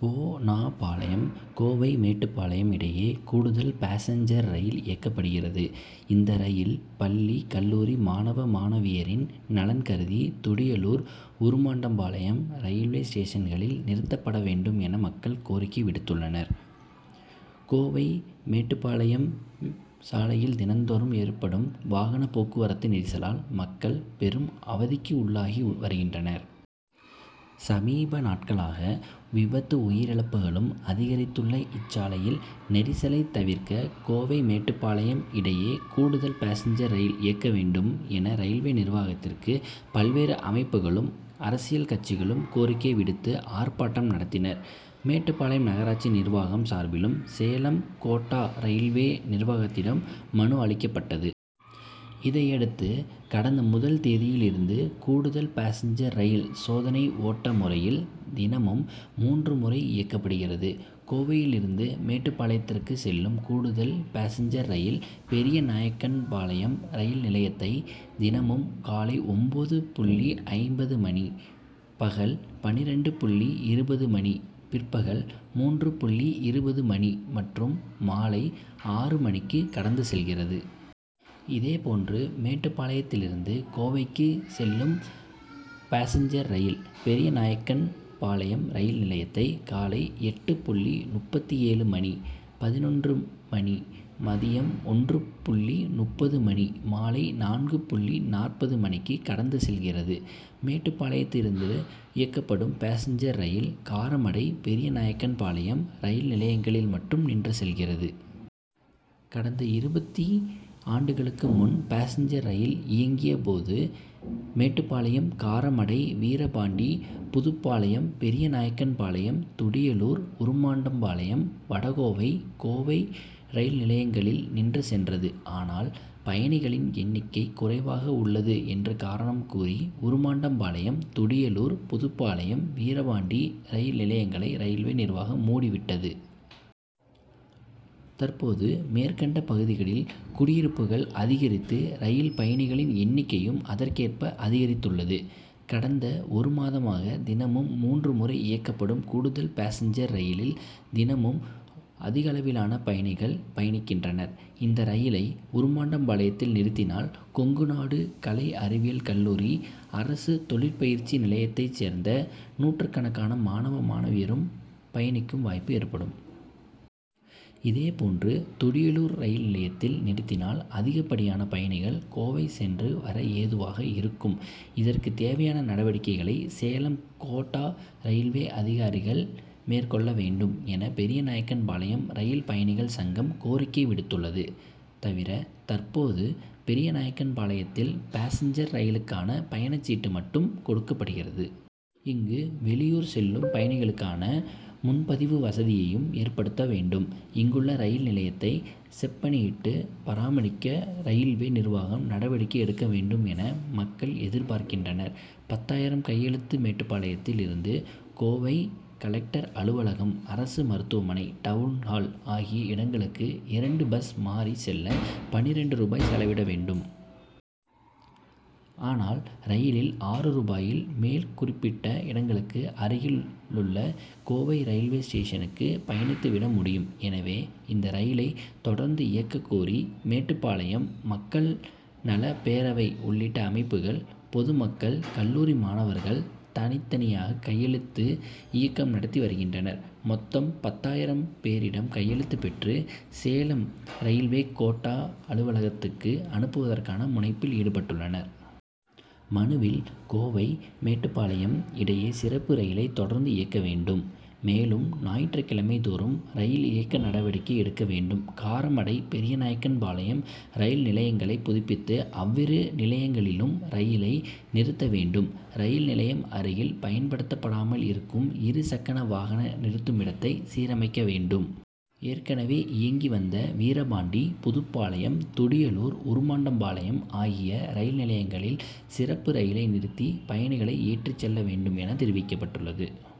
பெ. நா. பாளையம்: கோவை மேட்டுப்பாளையம் இடையே கூடுதல் பாசஞ்சர் ரயில் இயக்கப்படுகிறது. இந்த ரயில் பள்ளி, கல்லூரி மாணவ, மாணவியரின் நலன்கருதி துடியலூர், உருமாண்டம்பாளையம் ரயில்வே ஸ்டேஷன்களில் நிறுத்தப்பட வேண்டும் என, மக்கள் கோரிக்கை விடுத்துள்ளனர். கோவை மேட்டுப்பாளையம் சாலையில் தினந்தோறும் ஏற்படும் வாகன போக்குவரத்து நெரிசலால் மக்கள் பெரும் அவதிக்கு உள்ளாக்கி வருகின்றனர். சமீப நாட்களாக விபத்து உயிரிழப்புகளும் அதிகரித்துள்ளன. இச்சாலையில் நெரிசலை தவிர்க்க கோவை மேட்டுப்பாளையம் இடையே கூடுதலாக பாசஞ்சர் ரயில் இயக்க வேண்டும் என, ரயில்வே நிர்வாகத்துக்கு பல்வேறு அமைப்புகளும், அரசியல் கட்சிகளும் கோரிக்கை விடுத்து ஆர்ப்பாட்டம் நடத்தின. மேட்டுப்பாளையம் நகராட்சி நிர்வாகம் சார்பிலும், சேலம் கோட்ட ரயில்வே நிர்வாகத்திடம் மனு அளிக்கப்பட்டது. இதையடுத்து, கடந்த முதல் தேதியில் இருந்து கூடுதல் பாசஞ்சர் ரயில் சோதனை ஓட்ட முறையில் தினமும் மூன்று முறை இயக்கப்படுகிறது. கோவையிலிருந்து மேட்டுப்பாளையத்துக்கு செல்லும் கூடுதல் பாசஞ்சர் ரயில் பெரியநாயக்கன்பாளையம் ரயில் நிலையத்தை தினமும் காலை ஒன்பது புள்ளி ஐம்பது மணி, பகல் பன்னிரண்டு புள்ளி இருபது மணி, பிற்பகல் மூன்று புள்ளி இருபது மணி, மற்றும் மாலை ஆறு மணிக்கு கடந்து செல்கிறது. இதே போன்று மேட்டுப்பாளையத்திலிருந்து கோவைக்கு செல்லும் பாசஞ்சர் ரயில் பெரியநாயக்கன்பாளையம் ரயில் நிலையத்தை காலை எட்டு புள்ளி முப்பத்தேழு மணி, பதினொன்று மணி, மதியம் ஒன்று புள்ளி முப்பது மணி, மாலை நான்கு புள்ளி நாற்பது மணிக்கு கடந்து செல்கிறது. மேட்டுப்பாளையத்திலிருந்து இயக்கப்படும் பாசஞ்சர் ரயில் காரமடை, பெரியநாயக்கன்பாளையம் ரயில் நிலையங்களில் மட்டும் நின்று செல்கிறது. கடந்த இருபத்தைந்து ஆண்டுகளுக்கு முன் பாசஞ்சர் ரயில் இயங்கிய போது மேட்டுப்பாளையம், காரமடை, வீரபாண்டி, புதுப்பாளையம், பெரியநாயக்கன்பாளையம், துடியலூர், உருமாண்டம்பாளையம், வடகோவை, கோவை ரயில்நிலையங்களில் நின்று சென்றது. ஆனால், பயணிகளின் எண்ணிக்கை குறைவாக உள்ளது என்று காரணம் கூறி, உருமாண்டம்பாளையம், துடியலூர், புதுப்பாளையம், வீரபாண்டி ரயில் நிலையங்களை ரயில்வே நிர்வாகம் மூடிவிட்டது. தற்போது, மேற்கண்ட பகுதிகளில் குடியிருப்புகள் அதிகரித்து, ரயில் பயணிகளின் எண்ணிக்கையும் அதற்கேற்ப அதிகரித்துள்ளது. கடந்த ஒரு மாதமாக தினமும் மூன்று முறை இயக்கப்படும் கூடுதல் பாசஞ்சர் ரயிலில் தினமும் அதிகளவிலான பயணிகள் பயணிக்கின்றனர். இந்த ரயிலை உருமாண்டம்பாளையத்தில் நிறுத்தினால், கொங்குநாடு கலை அறிவியல் கல்லூரி, அரசு தொழிற்பயிற்சி நிலையத்தைச் சேர்ந்த நூற்றுக்கணக்கான மாணவ, மாணவியரும் பயணிக்கும் வாய்ப்பு ஏற்படும். இதே போன்று, துடியலூர் ரயில் நிலையத்தில் நிறுத்தினால் அதிகப்படியான பயணிகள் கோவை சென்று வர ஏதுவாக இருக்கும். இதற்கு தேவையான நடவடிக்கைகளை சேலம் கோட்ட ரயில்வே அதிகாரிகள் மேற்கொள்ள வேண்டும் என, பெரியநாயக்கன்பாளையம் ரயில் பயணிகள் சங்கம் கோரிக்கை விடுத்துள்ளது. தவிர, தற்போது பெரியநாயக்கன்பாளையத்தில் பாசஞ்சர் ரயிலுக்கான பயணச்சீட்டு மட்டும் கொடுக்கப்படுகிறது. இங்கு, வெளியூர் செல்லும் பயணிகளுக்கான முன்பதிவு வசதியையும் ஏற்படுத்தவேண்டும். இங்குள்ள ரயில் நிலையத்தை செப்பனிட்டு பராமரிக்க ரயில்வே நிர்வாகம் நடவடிக்கை எடுக்க வேண்டும் என, மக்கள் எதிர்பார்க்கின்றனர். பத்தாயிரம் கையெழுத்து மேட்டுப்பாளையத்தில் இருந்து கோவை கலெக்டர் அலுவலகம், அரசு மருத்துவமனை, டவுன்ஹால் ஆகிய இடங்களுக்கு இரண்டு பஸ் மாறிச் செல்ல பன்னிரண்டு ரூபாய் செலவிட வேண்டும். ஆனால், ரயிலில் ஆறு ரூபாயில் மேற்குறிப்பிட்ட இடங்களுக்கு அருகிலுள்ள கோவை ரயில்வே ஸ்டேஷனுக்கு பயணித்துவிட முடியும். எனவே, இந்த ரயிலை தொடர்ந்து இயக்கக்கோரி மேட்டுப்பாளையம் மக்கள் நல பேரவை உள்ளிட்ட அமைப்புகள் பொது மக்கள், கல்லூரி மாணவர்கள் தனித்தனியாக கையெழுத்து இயக்கம் நடத்தி வருகின்றனர். மொத்தம் பத்தாயிரம் பேரிடம் கையெழுத்து பெற்று சேலம் ரயில்வே கோட்ட அலுவலகத்துக்கு அனுப்புவதற்கான முனைப்பில் ஈடுபட்டுள்ளனர். மனுவில், கோவை மேட்டுப்பாளையம் இடையே சிறப்பு ரயிலை தொடர்ந்து இயக்க வேண்டும். மேலும், ஞாயிற்றுக் கிழமை தோறும் ரயில் இயக்க நடவடிக்கை எடுக்க வேண்டும். காரமடை, பெரியநாயக்கன்பாளையம் ரயில் நிலையங்களை புதுப்பித்து, அவ்விரு நிலையங்களிலும் ரயிலை நிறுத்த வேண்டும். ரயில் நிலையம் அருகில் பயன்படுத்தப்படாமல் இருக்கும் இரு சக்கர வாகன நிறுத்துமிடத்தை சீரமைக்க வேண்டும். ஏற்கனவே இயங்கி வந்த வீரபாண்டி, புதுப்பாளையம், துடியலூர், உருமாண்டம்பாளையம் ஆகிய ரயில் நிலையங்களில் சிறப்பு ரயிலை நிறுத்தி பயணிகளை ஏற்றிச் செல்ல வேண்டும் என, தெரிவிக்கப்பட்டுள்ளது.